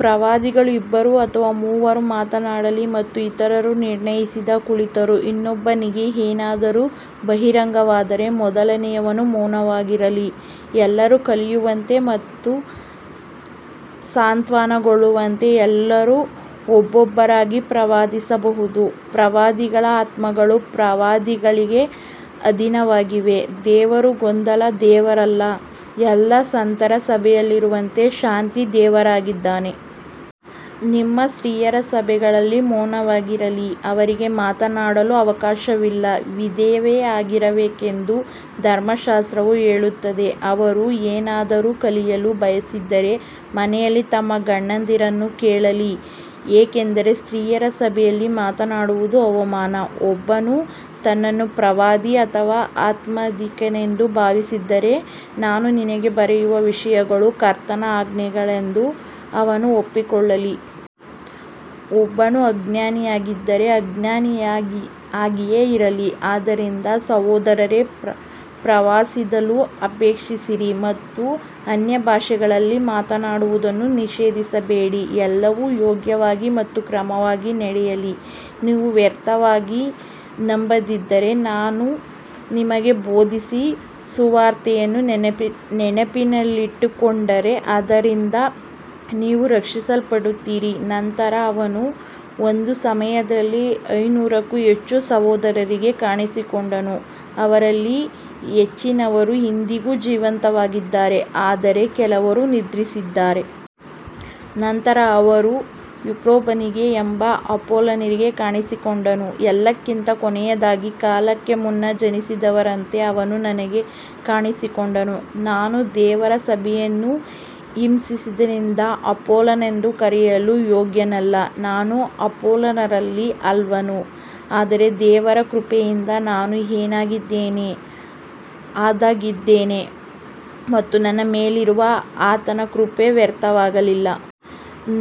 ಪ್ರವಾದಿಗಳು ಇಬ್ಬರು ಅಥವಾ ಮೂವರು ಮಾತನಾಡಲಿ ಮತ್ತು ಇತರರು ನಿರ್ಣಯಿಸಲಿ. ಕುಳಿತಿರುವ ಇನ್ನೊಬ್ಬನಿಗೆ ಏನಾದರೂ ಬಹಿರಂಗವಾದರೆ ಮೊದಲನೆಯವನು ಮೌನವಾಗಿರಲಿ. ಎಲ್ಲರೂ ಕಲಿಯುವಂತೆ ಮತ್ತು ಸಾಂತ್ವನಗೊಳ್ಳುವಂತೆ ಎಲ್ಲರೂ ಒಬ್ಬೊಬ್ಬರಾಗಿ ಪ್ರವಾದಿಸಬಹುದು. ಪ್ರವಾದಿಗಳ ಆತ್ಮಗಳು ಪ್ರವಾದಿಗಳಿಗೆ ಅಧೀನವಾಗಿವೆ. ದೇವರು ಗೊಂದಲದ ದೇವರಲ್ಲ, ಎಲ್ಲಾ ಸಂತರ ಸಭೆಗಳಲ್ಲಿರುವಂತೆ ಶಾಂತಿಯ ದೇವರಾಗಿದ್ದಾನೆ. ನಿಮ್ಮ ಸ್ತ್ರೀಯರು ಸಭೆಗಳಲ್ಲಿ ಮೌನವಾಗಿರಲಿ, ಅವರಿಗೆ ಮಾತನಾಡಲು ಅವಕಾಶವಿಲ್ಲ, ವಿಧೇಯರಾಗಿರಬೇಕೆಂದು ಧರ್ಮಶಾಸ್ತ್ರವೂ ಹೇಳುತ್ತದೆ. ಅವರು ಏನನ್ನಾದರೂ ಕಲಿಯಲು ಬಯಸಿದರೆ ಮನೆಯಲ್ಲಿ ತಮ್ಮ ಗಂಡಂದಿರನ್ನು ಕೇಳಲಿ, ಏಕೆಂದರೆ ಸ್ತ್ರೀಯರು ಸಭೆಯಲ್ಲಿ ಮಾತನಾಡುವುದು ಅವಮಾನ. ಒಬ್ಬನು ತನ್ನನ್ನು ಪ್ರವಾದಿ ಅಥವಾ ಆಧ್ಯಾತ್ಮಿಕನೆಂದು ಭಾವಿಸಿದರೆ, ನಾನು ನಿಮಗೆ ಬರೆಯುವ ವಿಷಯಗಳು ಕರ್ತನ ಆಜ್ಞೆಗಳೆಂದು ಅವನು ಒಪ್ಪಿಕೊಳ್ಳಲಿ. ಒಬ್ಬನು ಅಜ್ಞಾನಿಯಾಗಿದ್ದರೆ ಅಜ್ಞಾನಿಯಾಗಿಯೇ ಇರಲಿ. ಆದ್ದರಿಂದ ಸಹೋದರರೇ, ಪ್ರವಾದಿಸಲು ಅಪೇಕ್ಷಿಸಿರಿ ಮತ್ತು ಅನ್ಯಭಾಷೆಗಳಲ್ಲಿ ಮಾತನಾಡುವುದನ್ನು ನಿಷೇಧಿಸಬೇಡಿ. ಎಲ್ಲವೂ ಯೋಗ್ಯವಾಗಿ ಮತ್ತು ಕ್ರಮವಾಗಿ ನಡೆಯಲಿ. ನೀವು ವ್ಯರ್ಥವಾಗಿ ನಂಬದಿದ್ದರೆ, ನಾನು ನಿಮಗೆ ಬೋಧಿಸಿದ ಸುವಾರ್ತೆಯನ್ನು ನೆನಪಿನಲ್ಲಿಟ್ಟುಕೊಂಡರೆ ಅದರಿಂದ ನೀವು ರಕ್ಷಿಸಲ್ಪಡುತ್ತೀರಿ. ನಂತರ ಅವನು ಒಂದೇ ಸಮಯದಲ್ಲಿ ಐನೂರಕ್ಕೂ ಹೆಚ್ಚು ಸಹೋದರರಿಗೆ ಕಾಣಿಸಿಕೊಂಡನು, ಅವರಲ್ಲಿ ಹೆಚ್ಚಿನವರು ಇಂದಿಗೂ ಜೀವಂತವಾಗಿದ್ದಾರೆ, ಆದರೆ ಕೆಲವರು ನಿದ್ರಿಸಿದ್ದಾರೆ. ನಂತರ ಅವನು ಯಾಕೋಬನಿಗೂ ಎಲ್ಲಾ ಅಪೊಸ್ತಲರಿಗೂ ಕಾಣಿಸಿಕೊಂಡನು. ಎಲ್ಲಕ್ಕಿಂತ ಕೊನೆಯದಾಗಿ, ಕಾಲಕ್ಕೆ ಮುನ್ನ ಜನಿಸಿದವನಂತೆ ಅವನು ನನಗೂ ಕಾಣಿಸಿಕೊಂಡನು. ನಾನು ದೇವರ ಸಭೆಯನ್ನು ಹಿಂಸಿಸಿದ್ದರಿಂದ ಅಪೊಸ್ತಲನೆಂದು ಕರೆಯಲು ಯೋಗ್ಯನಲ್ಲದ ನಾನು ಅಪೊಸ್ತಲರಲ್ಲಿ ಅಲ್ಪನು. ಆದರೆ ದೇವರ ಕೃಪೆಯಿಂದ ನಾನು ಏನಾಗಿದ್ದೇನೋ ಅದಾಗಿದ್ದೇನೆ, ಮತ್ತು ನನ್ನ ಮೇಲಿರುವ ಆತನ ಕೃಪೆ ವ್ಯರ್ಥವಾಗಲಿಲ್ಲ.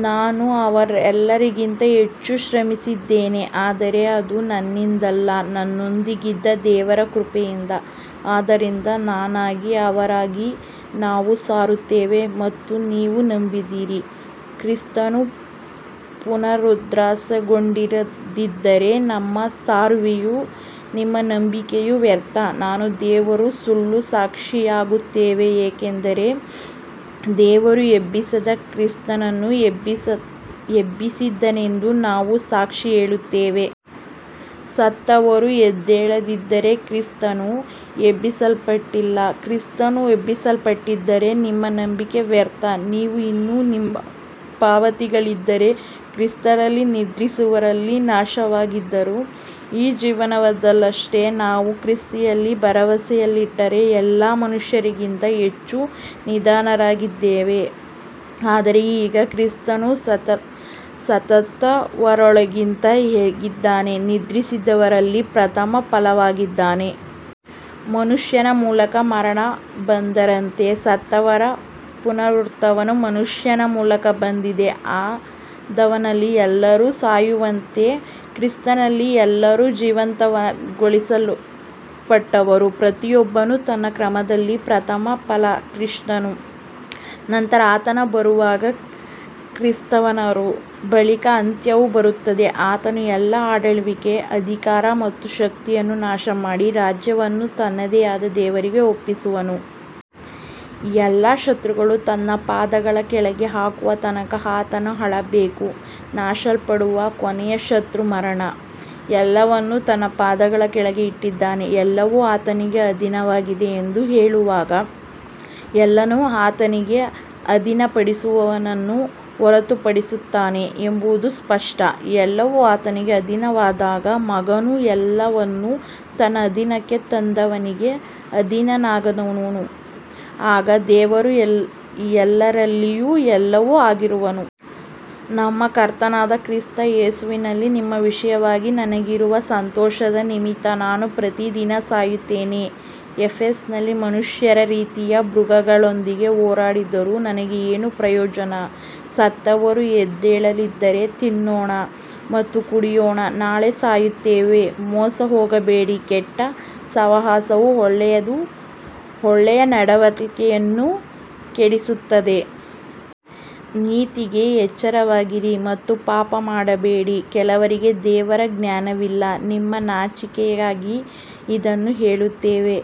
ನಾನು ಅವರೆಲ್ಲರಿಗಿಂತ ಹೆಚ್ಚು ಶ್ರಮಿಸಿದ್ದೇನೆ, ಆದರೆ ಅದು ನನ್ನಿಂದಲ್ಲ, ನನ್ನೊಂದಿಗಿದ್ದ ದೇವರ ಕೃಪೆಯಿಂದ. ಆದ್ದರಿಂದ ನಾನಾಗಲಿ ಅವರಾಗಲಿ ನಾವು ಸಾರುತ್ತೇವೆ ಮತ್ತು ನೀವು ನಂಬಿದ್ದೀರಿ. ಕ್ರಿಸ್ತನು ಪುನರುತ್ಥಾನಗೊಂಡಿಲ್ಲದಿದ್ದರೆ ನಮ್ಮ ಸಾರುವಿಕೆಯೂ ನಿಮ್ಮ ನಂಬಿಕೆಯೂ ವ್ಯರ್ಥ. ನಾವು ದೇವರ ಸುಳ್ಳು ಸಾಕ್ಷಿಗಳಾಗುತ್ತೇವೆ, ಏಕೆಂದರೆ ದೇವರು ಎಬ್ಬಿಸದ ಕ್ರಿಸ್ತನನ್ನು ಎಬ್ಬಿಸಿದನೆಂದು ನಾವು ಸಾಕ್ಷಿ ಹೇಳಿದ್ದೇವೆ. ಸತ್ತವರು ಎದ್ದೇಳದಿದ್ದರೆ ಕ್ರಿಸ್ತನೂ ಎಬ್ಬಿಸಲ್ಪಟ್ಟಿಲ್ಲ. ಕ್ರಿಸ್ತನು ಎಬ್ಬಿಸಲ್ಪಡದಿದ್ದರೆ ನಿಮ್ಮ ನಂಬಿಕೆ ವ್ಯರ್ಥ, ನೀವು ಇನ್ನೂ ನಿಮ್ಮ ಪಾಪಗಳಲ್ಲಿದ್ದೀರಿ. ಕ್ರಿಸ್ತನಲ್ಲಿ ನಿದ್ರಿಸಿದವರೂ ನಾಶವಾಗಿದ್ದಾರೆ. ಈ ಜೀವನದಲ್ಲಷ್ಟೇ ನಾವು ಕ್ರಿಸ್ತನಲ್ಲಿ ಭರವಸೆಯಿಟ್ಟಿದ್ದರೆ ಎಲ್ಲ ಮನುಷ್ಯರಿಗಿಂತ ಹೆಚ್ಚು ದೀನರಾಗಿದ್ದೇವೆ. ಆದರೆ ಈಗ ಕ್ರಿಸ್ತನು ಸತ್ತವರೊಳಗಿಂದ ಎದ್ದಿದ್ದಾನೆ, ನಿದ್ರಿಸಿದವರಲ್ಲಿ ಪ್ರಥಮ ಫಲವಾಗಿದ್ದಾನೆ. ಮನುಷ್ಯನ ಮೂಲಕ ಮರಣ ಬಂದಂತೆ, ಸತ್ತವರ ಪುನರುತ್ಥಾನವೂ ಮನುಷ್ಯನ ಮೂಲಕ ಬಂದಿದೆ. ಆದಾಮನಲ್ಲಿ ಎಲ್ಲರೂ ಸಾಯುವಂತೆ ಕ್ರಿಸ್ತನಲ್ಲಿ ಎಲ್ಲರೂ ಜೀವಂತಗೊಳಿಸಲ್ಪಡುವರು. ಪ್ರತಿಯೊಬ್ಬನೂ ತನ್ನ ಕ್ರಮದಲ್ಲಿ, ಪ್ರಥಮ ಫಲ ಕ್ರಿಸ್ತನು, ನಂತರ ಆತನು ಬರುವಾಗ ಕ್ರಿಸ್ತನವರು. ಬಳಿಕ ಅಂತ್ಯವು ಬರುತ್ತದೆ, ಆತನು ಎಲ್ಲಾ ಆಳ್ವಿಕೆ, ಅಧಿಕಾರ ಮತ್ತು ಶಕ್ತಿಯನ್ನು ನಾಶಮಾಡಿ ರಾಜ್ಯವನ್ನು ತಂದೆಯಾದ ದೇವರಿಗೆ ಒಪ್ಪಿಸುವನು. ಎಲ್ಲಾ ಶತ್ರುಗಳನ್ನು ತನ್ನ ಪಾದಗಳ ಕೆಳಗೆ ಹಾಕುವ ತನಕ ಆತನು ಆಳಬೇಕು. ನಾಶಮಾಡಲ್ಪಡುವ ಕೊನೆಯ ಶತ್ರು ಮರಣ. ಎಲ್ಲವನ್ನೂ ತನ್ನ ಪಾದಗಳ ಕೆಳಗೆ ಇಟ್ಟಿದ್ದಾನೆ. ಎಲ್ಲವೂ ಆತನಿಗೆ ಅಧೀನವಾಗಿದೆ ಎಂದು ಹೇಳುವಾಗ, ಎಲ್ಲವನ್ನೂ ಆತನಿಗೆ ಅಧೀನಪಡಿಸಿದವನನ್ನು ಹೊರತುಪಡಿಸುತ್ತಾನೆ ಎಂಬುದು ಸ್ಪಷ್ಟ. ಎಲ್ಲವೂ ಆತನಿಗೆ ಅಧೀನವಾದಾಗ, ಮಗನೂ ಎಲ್ಲವನ್ನೂ ತನ್ನ ಅಧೀನಕ್ಕೆ ತಂದವನಿಗೆ ಅಧೀನನಾಗುವನು, ಆಗ ದೇವರು ಎಲ್ಲರಲ್ಲಿಯೂ ಎಲ್ಲವೂ ಆಗಿರುವನು. ನಮ್ಮ ಕರ್ತನಾದ ಕ್ರಿಸ್ತ ಯೇಸುವಿನಲ್ಲಿ ನಿಮ್ಮ ವಿಷಯವಾಗಿ ನನಗಿರುವ ಸಂತೋಷದ ನಿಮಿತ್ತ ನಾನು ಪ್ರತಿದಿನ ಸಾಯುತ್ತೇನೆ. ಎಫೆಸದಲ್ಲಿ ಮನುಷ್ಯರ ರೀತಿಯಲ್ಲಿ ಮೃಗಗಳೊಂದಿಗೆ ಹೋರಾಡಿದ್ದರೆ ನನಗೆ ಏನು ಪ್ರಯೋಜನ, ಸತ್ತವರು ಎದ್ದೇಳದಿದ್ದರೆ, ತಿನ್ನೋಣ ಮತ್ತು ಕುಡಿಯೋಣ, ನಾಳೆ ಸಾಯುತ್ತೇವೆ. ಮೋಸಹೋಗಬೇಡಿ, ಕೆಟ್ಟ ಸಹವಾಸವು ಒಳ್ಳೆಯ ನಡತೆಯನ್ನು ಕೆಡಿಸುತ್ತದೆ. ನೀತಿಗೆ ಎಚ್ಚರವಾಗಿರಿ ಮತ್ತು ಪಾಪ ಮಾಡಬೇಡಿ, ಕೆಲವರಿಗೆ ದೇವರ ಜ್ಞಾನವಿಲ್ಲ. ನಿಮ್ಮ ನಾಚಿಕೆಗಾಗಿ ಇದನ್ನು ಹೇಳುತ್ತೇನೆ.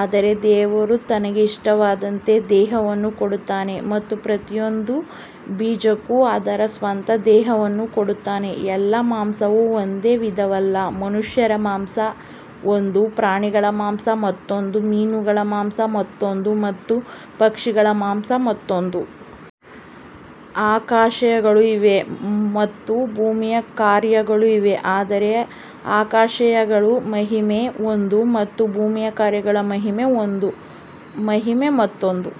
ಆದರೆ ದೇವರು ತನಗೆ ಇಷ್ಟವಾದಂತೆ ದೇಹವನ್ನು ಕೊಡುತ್ತಾನೆ ಮತ್ತು ಪ್ರತಿಯೊಂದು ಬೀಜಕ್ಕೂ ಅದರ ಸ್ವಂತ ದೇಹವನ್ನು ಕೊಡುತ್ತಾನೆ. ಎಲ್ಲ ಮಾಂಸವೂ ಒಂದೇ ವಿಧವಲ್ಲ, ಮನುಷ್ಯರ ಮಾಂಸ ಒಂದು, ಪ್ರಾಣಿಗಳ ಮಾಂಸ ಮತ್ತೊಂದು, ಮೀನುಗಳ ಮಾಂಸ ಮತ್ತೊಂದು ಮತ್ತು ಪಕ್ಷಿಗಳ ಮಾಂಸ ಮತ್ತೊಂದು. ಆಕಾಶಕಾಯಗಳೂ ಇವೆ ಮತ್ತು ಭೂಮಿಯ ಕಾಯಗಳೂ ಇವೆ, ಆದರೆ ಆಕಾಶಕಾಯಗಳ ಮಹಿಮೆ ಒಂದು ಮತ್ತು ಭೂಮಿಯ ಕಾಯಗಳ ಮಹಿಮೆ ಮತ್ತೊಂದು.